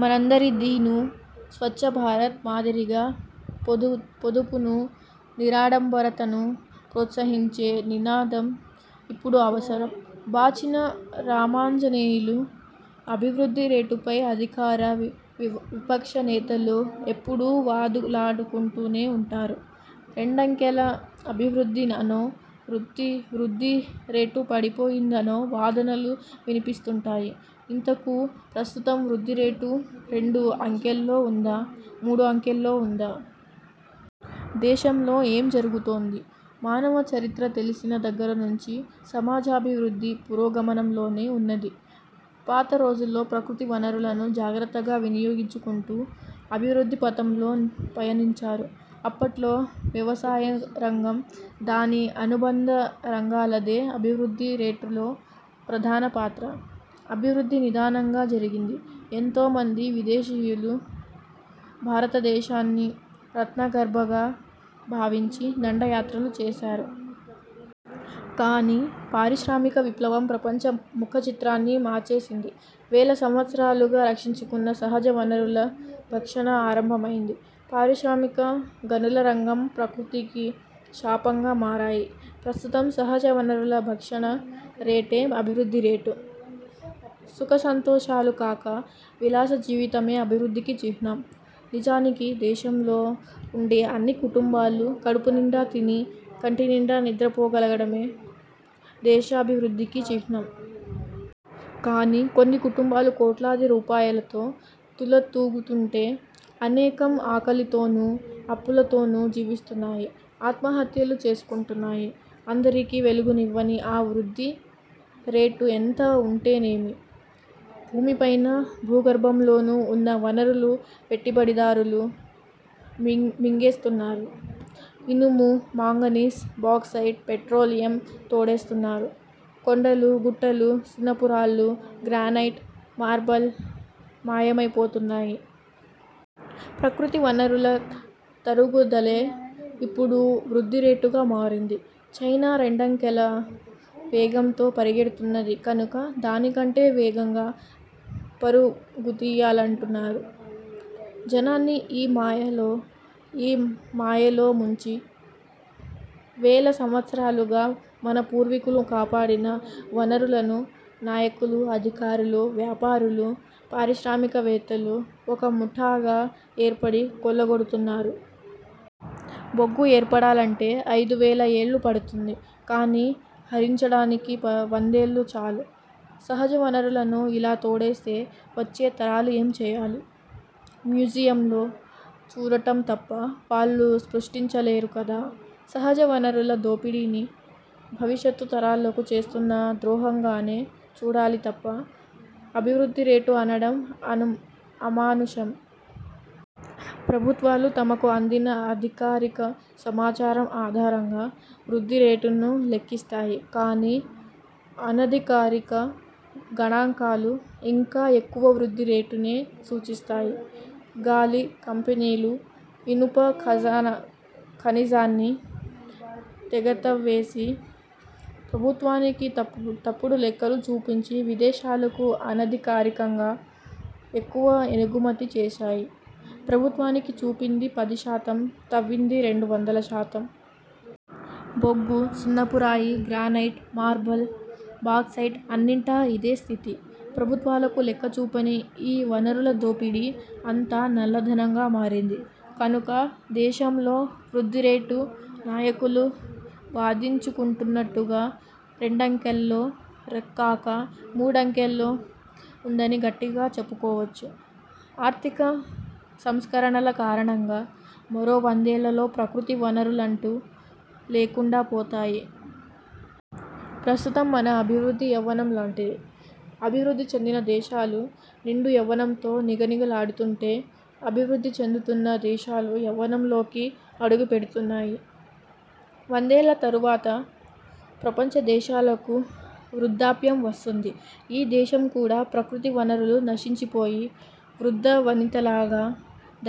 మనందరిదీనూ. 'స్వచ్ఛ భారత్' మాదిరిగా, పొదుపునూ, నిరాడంబరతనూ ప్రోత్సహించే నినాదం ఇప్పుడు అవసరం. బాచిన రామాంజనేయులు అభివృద్ధి రేటుపై అధికార, విపక్ష నేతలు ఎప్పుడూ వాదులాడుకుంటూనే ఉంటారు. రెండంకెల అభివృద్ధి అనో, వృద్ధి రేటు పడిపోయిందనో వాదనలు వినిపిస్తూంటాయి. ఇంతకూ ప్రస్తుతం వృద్ధిరేటు రెండు అంకెల్లో ఉందా, మూడు అంకెల్లో ఉందా? దేశంలో ఏం జరుగుతోంది? మానవ చరిత్ర తెలిసిన దగ్గర నుంచి సమాజాభివృద్ధి పురోగమనంలోనే ఉన్నది. పాత రోజుల్లో ప్రకృతి వనరులను జాగ్రత్తగా వినియోగించుకుంటూ అభివృద్ధి పథంలో పయనించారు. అప్పట్లో వ్యవసాయరంగం, దాని అనుబంధ రంగాలదే అభివృద్ధి రేటులో ప్రధాన పాత్ర. అభివృద్ధి నిదానంగా జరిగింది. ఎంతో మంది విదేశీయులు భారతదేశాన్ని రత్నగర్భగా భావించి దండయాత్రలు చేశారు. కానీ పారిశ్రామిక విప్లవం ప్రపంచ ముఖచిత్రాన్ని మార్చేసింది. వేల సంవత్సరాలుగా రక్షించుకున్న సహజ వనరుల భక్షణ ఆరంభమైంది. పారిశ్రామిక, గనుల రంగం ప్రకృతికి శాపంగా మారాయి. ప్రస్తుతం సహజ వనరుల భక్షణ రేటే అభివృద్ధి రేటు. సుఖసంతోషాలు కాక, విలాసజీవితమే అభివృద్ధికి చిహ్నం. నిజానికి, దేశంలో ఉండే అన్ని కుటుంబాలు కడుపునిండా తిని, కంటినిండా నిద్రపోగలగడమే దేశాభివృద్ధికి చిహ్నం. కానీ, కొన్ని కుటుంబాలు కోట్లాది రూపాయలతో తుల తూగుతుంటే, అనేకం ఆకలితోనూ, అప్పుల తోనూ జీవిస్తున్నాయి. ఆత్మహత్యలు చేసుకుంటున్నాయి. అందరికీ వెలుగునివ్వని ఆ వృద్ధి రేటు ఎంత ఉంటేనేమి? భూమిపైన, భూగర్భంలోనూ ఉన్న వనరులు పెట్టుబడిదారులు మింగేస్తున్నారు. ఇనుము, మాంగనీస్, బాక్సైట్, పెట్రోలియం తోడేస్తున్నారు. కొండలు, గుట్టలు, సున్నపురాళ్ళు, గ్రానైట్, మార్బల్ మాయమైపోతున్నాయి. ప్రకృతివనరుల తరుగుదలే ఇప్పుడు వృద్ధిరేటుగా మారింది. చైనా రెండంకెల వేగంతో పరిగెడుతున్నది కనుక దానికంటే వేగంగా పరు గుతీయాలంటున్నారు. జనాన్ని ఈ మాయలో, ఈ యావలో ముంచి, వేల సంవత్సరాలుగా మన పూర్వీకులు కాపాడిన వనరులను నాయకులు, అధికారులు, వ్యాపారులు, పారిశ్రామికవేత్తలు ఒక ముఠాగా ఏర్పడి కొల్లగొడుతున్నారు. బొగ్గు ఏర్పడాలంటే ఐదు వేల ఏళ్ళు పడుతుంది. కానీ, హరించడానికి వందేళ్ళు చాలు. సహజ వనరులను ఇలా తోడేస్తే వచ్చే తరాలు ఏం చేయాలి? మ్యూజియంలో చూడటం తప్ప వాళ్ళు సృష్టించలేరు కదా? సహజ వనరుల దోపిడీని భవిష్యత్తు తరాలకు చేస్తున్న ద్రోహంగానే చూడాలి తప్ప, అభివృద్ధి రేటు అనడం అమానుషం. ప్రభుత్వాలు తమకు అందిన అధికారిక సమాచారం ఆధారంగా వృద్ధి రేటును లెక్కిస్తాయి. కానీ, అనధికారిక గణాంకాలు ఇంకా ఎక్కువ వృద్ధి రేటునే సూచిస్తాయి. 'గాలి' కంపెనీలు ఇనుప ఖనిజాన్ని తెగతవ్వేసి, ప్రభుత్వానికి తప్పుడు లెక్కలు చూపించి, విదేశాలకు అనధికారికంగా ఎక్కువ ఎగుమతి చేశాయి. ప్రభుత్వానికి చూపింది పదిశాతం, తవ్వింది రెండు వందలశాతం. బొగ్గు, సున్నపురాయి, గ్రానైట్, మార్బల్, బాక్సైట్ అన్నింటా ఇదే స్థితి. ప్రభుత్వాలకు లెక్క చూపని ఈ వనరుల దోపిడీ అంతా నల్ల ధనంగా మారింది. కనుక, దేశంలో వృ ద్ధిరేటు నాయకులు వాదించుకుంటున్నట్టుగా రెండంకెల్లో కాక, మూడంకెల్లో ఉందని గట్టిగా చెప్పుకోవచ్చు. ఆర్థిక సంస్కరణల కారణంగా మరో వందేళ్ళలో ప్రకృతి వనరులంటూ లేకుండాపోతాయి. ప్రస్తుతం మన అభివృద్ధి యవ్వనం లాంటిది. అభివృద్ధి చెందిన దేశాలు నిండు యవ్వనంతో నిగనిగలాడుతుంటే, అభివృద్ధి చెందుతున్న దేశాలు యవ్వనంలోకి అడుగుపెడుతున్నాయి. వందేళ్ళ తరువాత ప్రపంచ దేశాలకు వృద్ధాప్యం వస్తుంది. ఈ దేశం కూడా ప్రకృతి వనరులు నశించిపోయి వృద్ధ వనితలాగా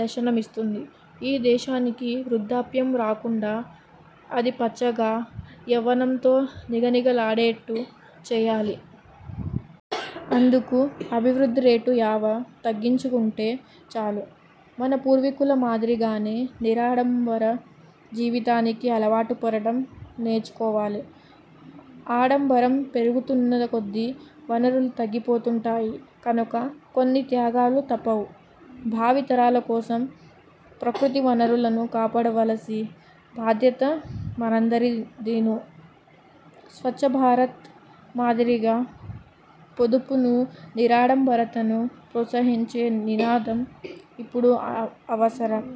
దర్శనమిస్తుంది. ఈ దేశానికి వృద్ధాప్యం రాకుండా అది పచ్చగా, యవ్వనంతో నిగనిగలాడేట్టు చేయాలి. అందుకు, అభివృద్ధిరేటు యావ తగ్గించుకుంటే చాలు. మన పూర్వీకుల మాదిరిగానే నిరాడంబర జీవితానికి అలవాటుపడటం నేర్చుకోవాలి. ఆడంబరం పెరుగుతున్నకొద్దీ వనరులు తగ్గిపోతుంటాయి కనుక, కొన్ని త్యాగాలు తప్పవు. భావి తరాలకోసం ప్రకృతి వనరులను కాపాడవలసిన బాధ్యత మనందరిదీనూ. 'స్వచ్ఛభారత్' మాదిరిగా, పొదుపునూ, నిరాడంబరతనూ ప్రోత్సహించే నినాదం ఇప్పుడు అవసరం.